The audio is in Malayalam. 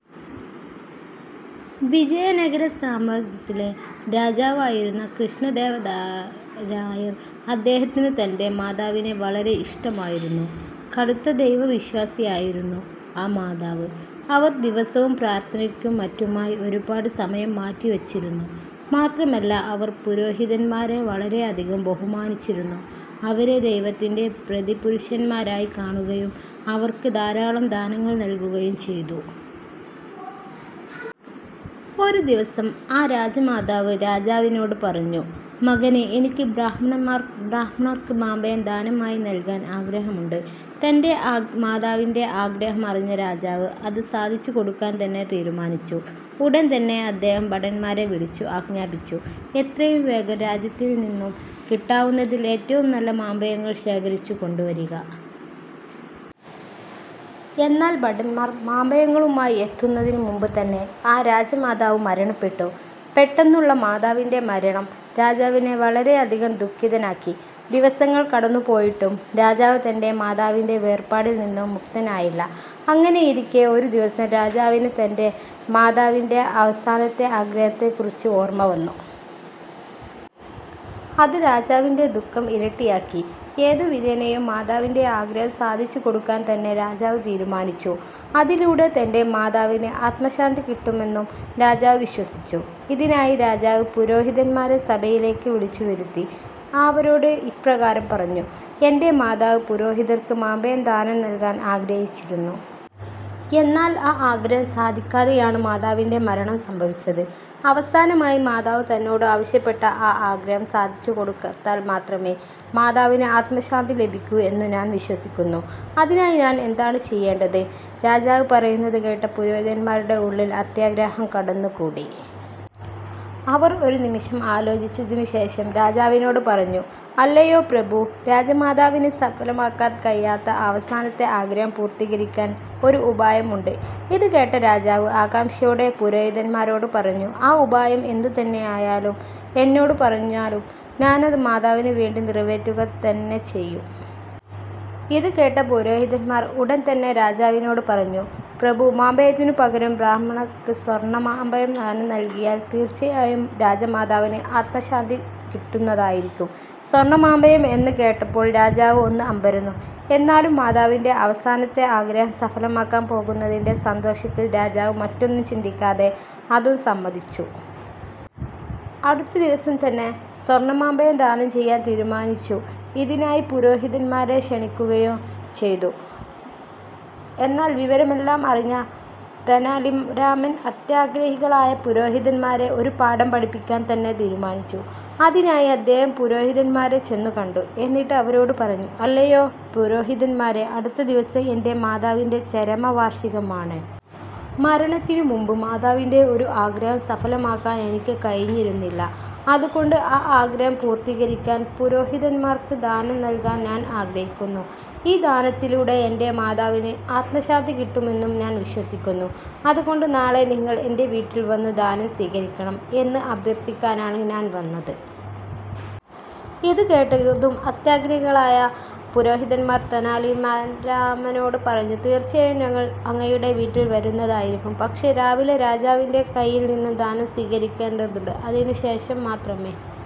വിജയനഗര സാമ്രാജ്യത്തിലെ രാജാവായിരുന്നു കൃഷ്ണദേവരായർ. അദ്ദേഹത്തിന് തൻ്റെ മാതാവിനെ വളരെ ഇഷ്ടമായിരുന്നു. കടുത്ത ദൈവ വിശ്വാസിയായിരുന്നു ആ മാതാവ്. അവർ ദിവസവും പ്രാർത്ഥനയ്ക്കും മറ്റുമായി ഒരുപാട് സമയം മാറ്റി വച്ചിരുന്നു. മാത്രമല്ല അവർ പുരോഹിതന്മാരെ വളരെയധികം ബഹുമാനിച്ചിരുന്നു. അവരെ ദൈവത്തിന്റെ പ്രതിപുരുഷന്മാരായി കാണുകയും അവർക്ക് ധാരാളം ദാനങ്ങൾ നല്കുകയും ചെയ്തു. ഒരു ദിവസം ആ രാജമാതാവ് രാജാവിനോട് പറഞ്ഞു "മകനെ, എനിക്ക് ബ്രാഹ്മണർക്ക് മാമ്പഴം ദാനമായി നൽകാൻ ആഗ്രഹമുണ്ട്. " തൻ്റെ മാതാവിൻ്റെ ആഗ്രഹം അറിഞ്ഞ രാജാവ് അത് സാധിച്ചു കൊടുക്കാൻ തന്നെ തീരുമാനിച്ചു. ഉടൻതന്നെ അദ്ദേഹം ഭടന്മാരെ വിളിച്ചു ആഞ്ജാപിച്ചു. "എത്രയും വേഗം രാജ്യത്തിൽ നിന്ന് കിട്ടാവുന്നതിൽ ഏറ്റവും നല്ല മാമ്പഴങ്ങൾ ശേഖരിച്ചു കൊണ്ടുവരുക. " എന്നാൽ ഭടന്മാർ മാമ്പഴങ്ങളുമായി എത്തുന്നതിനു മുൻപ് തന്നെ ആ രാജമാതാവ് മരണപ്പെട്ടു. പെട്ടെന്നുള്ള മാതാവിൻ്റെ മരണം രാജാവിനെ വളരെയധികം ദുഃഖിതനാക്കി. ദിവസങ്ങൾ കടന്നു പോയിട്ടും രാജാവ് തൻ്റെ മാതാവിൻ്റെ വേർപാടിൽ നിന്നും മുക്തനായില്ല. അങ്ങനെയിരിക്കെ ഒരു ദിവസം രാജാവിന് തൻ്റെ മാതാവിൻ്റെ അവസാനത്തെ ആഗ്രഹത്തെക്കുറിച്ച് ഓർമ വന്നു. അത് രാജാവിൻ്റെ ദുഃഖം ഇരട്ടിയാക്കി. ഏതു വിധേനയും മാതാവിൻ്റെ ആഗ്രഹം സാധിച്ചു കൊടുക്കാൻ തന്നെ രാജാവ് തീരുമാനിച്ചു. അതിലൂടെ തൻ്റെ മാതാവിന് അത്മശാന്തി കിട്ടുമെന്നും രാജാവ് വിശ്വസിച്ചു. ഇതിനായി രാജാവ് പുരോഹിതന്മാരെ സഭയിലേക്ക് വിളിച്ചു വരുത്തി. ആവരോട് ഇപ്രകാരം പറഞ്ഞു. "എന്റെ മാതാവ് പുരോഹിതർക്ക് മാമ്പഴം ദാനം നൽകാൻ ആഗ്രഹിച്ചിരുന്നു. എന്നാൽ ആ ആഗ്രഹം സാധിക്കാതെയാണ് മാതാവിൻ്റെ മരണം സംഭവിച്ചത്. അവസാനമായി മാതാവ് തന്നോട് ആവശ്യപ്പെട്ട ആ ആഗ്രഹം സാധിച്ചു കൊടുത്താൽ മാത്രമേ മാതാവിന് ആത്മശാന്തി ലഭിക്കൂ എന്നു ഞാൻ വിശ്വസിക്കുന്നു. അതിനായി ഞാൻ എന്താണ് ചെയ്യേണ്ടത്? " രാജാവ് പറയുന്നത് കേട്ട പുരോഹിതന്മാരുടെ ഉള്ളിൽ അത്യാഗ്രഹം കടന്നുകൂടി. അവർ ഒരു നിമിഷം ആലോചിച്ചതിനു ശേഷം രാജാവിനോട് പറഞ്ഞു "അല്ലയോ പ്രഭു, രാജമാതാവിന് സഫലമാക്കാൻ കഴിയാത്ത അവസാനത്തെ ആഗ്രഹം പൂർത്തീകരിക്കാൻ ഒരു ഉപായം ഉണ്ട് " ഇതുകേട്ട രാജാവ് ആകാംഷയോടെ പുരോഹിതന്മാരോട് പറഞ്ഞു "ആ ഉപായം എന്തു തന്നെയായാലും എന്നോട് പറഞ്ഞാലും. ഞാനത് മാതാവിന് വേണ്ടി നിറവേറ്റുക തന്നെ ചെയ്യും. " ഇതുകേട്ട പുരോഹിതന്മാർ ഉടൻതന്നെ രാജാവിനോട് പറഞ്ഞു "പ്രഭു, മാമ്പഴത്തിനു പകരം ബ്രാഹ്മണർക്ക് സ്വർണ മാമ്പഴം ദാനം നൽകിയാൽ തീർച്ചയായും രാജമാതാവിന് അത്മശാന്തി കിട്ടുന്നതായിരിക്കും. " സ്വർണ മാമ്പഴം എന്ന് കേട്ടപ്പോൾ രാജാവ് ഒന്ന് അമ്പരന്നു. എന്നാലും മാതാവിൻ്റെ അവസാനത്തെ ആഗ്രഹം സഫലമാകാൻ പോകുന്നതിന്റെ സന്തോഷത്തിൽ രാജാവ് മറ്റൊന്നും ചിന്തിക്കാതെ അതു സമ്മതിച്ചു. അടുത്ത ദിവസം തന്നെ സ്വർണ മാമ്പഴം ദാനം ചെയ്യാൻ തീരുമാനിച്ചു. ഇതിനായി പുരോഹിതന്മാരെ ക്ഷണിക്കുകയും ചെയ്തു. എന്നാൽ വിവരമെല്ലാം അറിഞ്ഞ തെനാലിരാമൻ അത്യാഗ്രഹികളായ പുരോഹിതന്മാരെ ഒരു പാഠം പഠിപ്പിക്കാൻ തന്നെ തീരുമാനിച്ചു. അതിനായി അദ്ദേഹം പുരോഹിതന്മാരെ ചെന്നു കണ്ടു. എന്നിട്ട് അവരോട് പറഞ്ഞു "അല്ലയോ പുരോഹിതന്മാരെ അടുത്ത ദിവസം എന്റെ മാതാവിൻ്റെ ചരമവാർഷികമാണ്. മരണത്തിനു മുൻപ് മാതാവിൻ്റെ ഒരു ആഗ്രഹം സഫലമാക്കാൻ എനിക്ക് കഴിഞ്ഞിരുന്നില്ല. അതുകൊണ്ട് ആ ആഗ്രഹം പൂർത്തീകരിക്കാൻ പുരോഹിതന്മാർക്ക് ദാനം നൽകാൻ ഞാൻ ആഗ്രഹിക്കുന്നു. ഈ ദാനത്തിലൂടെ എൻ്റെ മാതാവിന് ആത്മശാന്തി കിട്ടുമെന്നും ഞാൻ വിശ്വസിക്കുന്നു. അതുകൊണ്ട് നാളെ നിങ്ങൾ എന്റ വീട്ടിൽ വന്നു ദാനം സ്വീകരിക്കണം എന്ന് അഭ്യർഥിക്കാനാണ് ഞാൻ വന്നത്. " ഇതു കേട്ടതും അത്യാഗ്രഹികളായ പുരോഹിതന്മാർ തെനാലിരാമനോട് പറഞ്ഞു "തീർച്ചയായും ഞങ്ങൾ അങ്ങയുടെ വീട്ടിൽ വരുന്നതായിരിക്കും. പക്ഷെ രാവിലെ രാജാവിന്റെ കൈയിൽനിന്നും ദാനം സ്വീകരിക്കേണ്ടതുണ്ട്. അതിനു ശേഷം മാത്രമേ